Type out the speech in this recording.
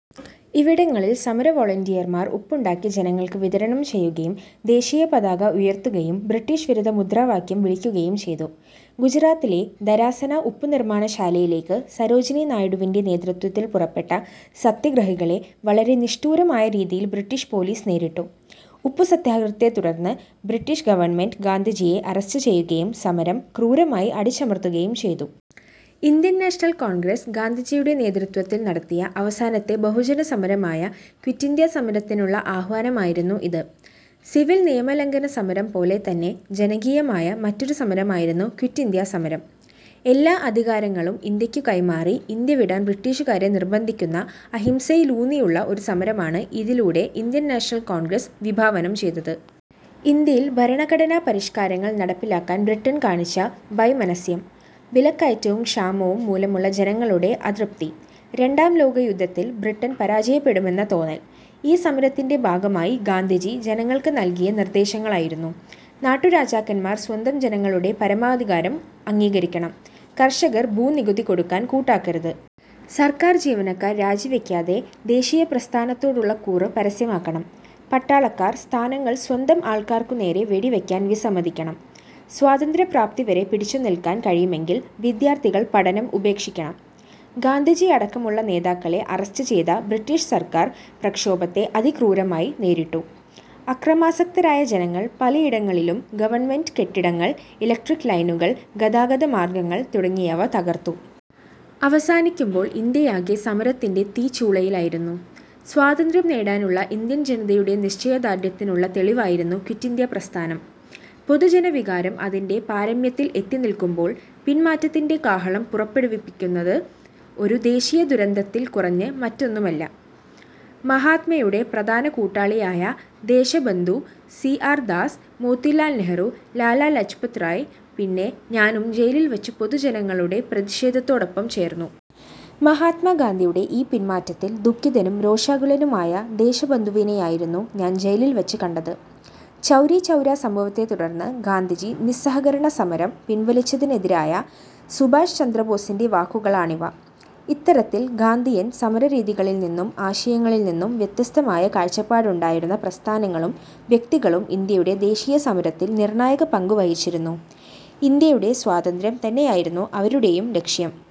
ഇവിടങ്ങളിൽ സമരവോളന്റിയർമാർ ഉപ്പുണ്ടാക്കി ജനങ്ങൾക്ക് വിതരണം ചെയ്യുകയും ദേശീയപതാക ഉയർത്തുകയും ബ്രിട്ടീഷ് വിരുദ്ധ മുദ്രാവാക്യം വിളിക്കുകയും ചെയ്തു. ഗുജറാത്തിലെ ധരാസന ഉപ്പുനിർമാണശാലയിലേക്ക് സരോജിനി നായിഡുവിന്റെ നേതൃത്വത്തിൽ പുറപ്പെട്ട സത്യഗ്രഹികളെ വളരെ നിഷ്ഠൂരമായ രീതിയിൽ ബ്രിട്ടീഷ് പോലീസ് നേരിട്ടു. ഉപ്പുസത്യഗ്രഹത്തെത്തുടർന്ന് ബ്രിട്ടീഷ് ഗവൺമെന്റ് ഗാന്ധിജിയെ അറസ്റ്റ് ചെയ്യുകയും സമരം ക്രൂരമായി അടിച്ചമർത്തുകയും ചെയ്തു. ഇന്ത്യൻ നാഷണൽ കോൺഗ്രസ് ഗാന്ധിജിയുടെ നേതൃത്വത്തിൽ നടത്തിയ അവസാനത്തെ ബഹുജനസമരമായ ക്വിറ്റ് ഇന്ത്യാ സമരത്തിനുള്ള ആഹ്വാനമായിരുന്നു ഇത്. സിവിൽ നിയമലംഘന സമരം പോലെത്തന്നെ ജനകീയമായ മറ്റൊരു സമരമായിരുന്നു ക്വിറ്റ് ഇന്ത്യാ സമരം. എല്ലാ അധികാരങ്ങളും ഇന്ത്യക്കു കൈമാറി ഇന്ത്യ വിടാൻ ബ്രിട്ടീഷുകാരെ നിർബന്ധിക്കുന്ന അഹിംസയിലൂന്നിയുള്ള ഒരു സമരമാണ് ഇതിലൂടെ ഇന്ത്യൻ നാഷണൽ കോൺഗ്രസ് വിഭാവനം ചെയ്തത്. ഇന്ത്യയിൽ ഭരണഘടനാ പരിഷ്കാരങ്ങൾ നടപ്പിലാക്കാൻ ബ്രിട്ടൺ കാണിച്ച വൈമനസ്യം. വിലക്കയറ്റവും ക്ഷാമവും മൂലമുള്ള ജനങ്ങളുടെ അതൃപ്തി. രണ്ടാം ലോകയുദ്ധത്തിൽ ബ്രിട്ടൻ പരാജയപ്പെടുമെന്ന തോന്നൽ. ഈ സമരത്തിന്റെ ഭാഗമായി ഗാന്ധിജി ജനങ്ങൾക്ക് നൽകിയ നിർദേശങ്ങളായിരുന്നു. നാട്ടുരാജാക്കന്മാർ സ്വന്തം ജനങ്ങളുടെ പരമാധികാരം അംഗീകരിക്കണം. കർഷകർ ഭൂനികുതി കൊടുക്കാൻ കൂട്ടാക്കരുത്. സർക്കാർ ജീവനക്കാർ രാജിവയ്ക്കാതെ ദേശീയപ്രസ്ഥാനത്തോടുള്ള കൂറ് പരസ്യമാക്കണം. പട്ടാളക്കാർ സ്ഥാനങ്ങൾ സ്വന്തം ആൾക്കാർക്കുനേരെ വെടിവയ്ക്കാൻ വിസമ്മതിക്കണം. സ്വാതന്ത്ര്യപ്രാപ്തി വരെ പിടിച്ചു നിൽക്കാൻ കഴിയുമെങ്കിൽ വിദ്യാർഥികൾ പഠനം ഉപേക്ഷിക്കണം. ഗാന്ധിജി അടക്കമുള്ള നേതാക്കളെ അറസ്റ്റ് ചെയ്ത ബ്രിട്ടീഷ് സർക്കാർ പ്രക്ഷോഭത്തെ അതിക്രൂരമായി നേരിട്ടു. അക്രമാസക്തരായ ജനങ്ങൾ പലയിടങ്ങളിലും ഗവൺമെന്റ് കെട്ടിടങ്ങൾ, ഇലക്ട്രിക് ലൈനുകൾ, ഗതാഗത മാർഗങ്ങൾ തുടങ്ങിയവ തകർത്തു. അവസാനിക്കുമ്പോൾ ഇന്ത്യയാകെ സമരത്തിന്റെ തീച്ചൂളയിലായിരുന്നു. സ്വാതന്ത്ര്യം നേടാനുള്ള ഇന്ത്യൻ ജനതയുടെ നിശ്ചയദാർഢ്യത്തിനുള്ള തെളിവായിരുന്നു ക്വിറ്റ് ഇന്ത്യാ പ്രസ്ഥാനം. പൊതുജനവികാരം അതിന്റെ പാരമ്യത്തിൽ എത്തിനിൽക്കുമ്പോൾ പിൻമാറ്റത്തിന്റെ കാഹളം പുറപ്പെടുവിക്കുന്നത് ഒരു ദേശീയദുരന്തത്തിൽ കുറഞ്ഞ് മറ്റൊന്നുമല്ല. മഹാത്മയുടെ പ്രധാന കൂട്ടാളികളായ ദേശബന്ധു സി. ആർ. ദാസ്, മോത്തിലാൽ നെഹ്റു, ലാലാ ലജ്പത് റായ്, പിന്നെ ഞാനും ജയിലിൽ വച്ച് പൊതുജനങ്ങളുടെ പ്രതിഷേധത്തോടൊപ്പം ചേർന്നു. മഹാത്മാഗാന്ധിയുടെ ഈ പിൻമാറ്റത്തിൽ ദുഃഖിതനും രോഷാകുലനുമായ ദേശബന്ധുവിനെയായിരുന്നു ഞാൻ ജയിലിൽ വച്ചു കണ്ടത്. ചൗരിചൗര സംഭവത്തെത്തുടർന്ന് ഗാന്ധിജി നിസ്സഹകരണസമരം പിൻവലിച്ചതിനെതിരായ സുഭാഷ് ചന്ദ്രബോസിന്റെ വാക്കുകളാണിവ. ഇത്തരത്തിൽ ഗാന്ധിയൻ സമരരീതികളിൽനിന്നും ആശയങ്ങളിൽനിന്നും വ്യത്യസ്തമായ കാഴ്ചപ്പാടുണ്ടായിരുന്ന പ്രസ്ഥാനങ്ങളും വ്യക്തികളും ഇന്ത്യയുടെ ദേശീയസമരത്തിൽ നിർണായക പങ്കുവഹിച്ചിരുന്നു. ഇന്ത്യയുടെ സ്വാതന്ത്ര്യം തന്നെയായിരുന്നു അവരുടെയും ലക്ഷ്യം.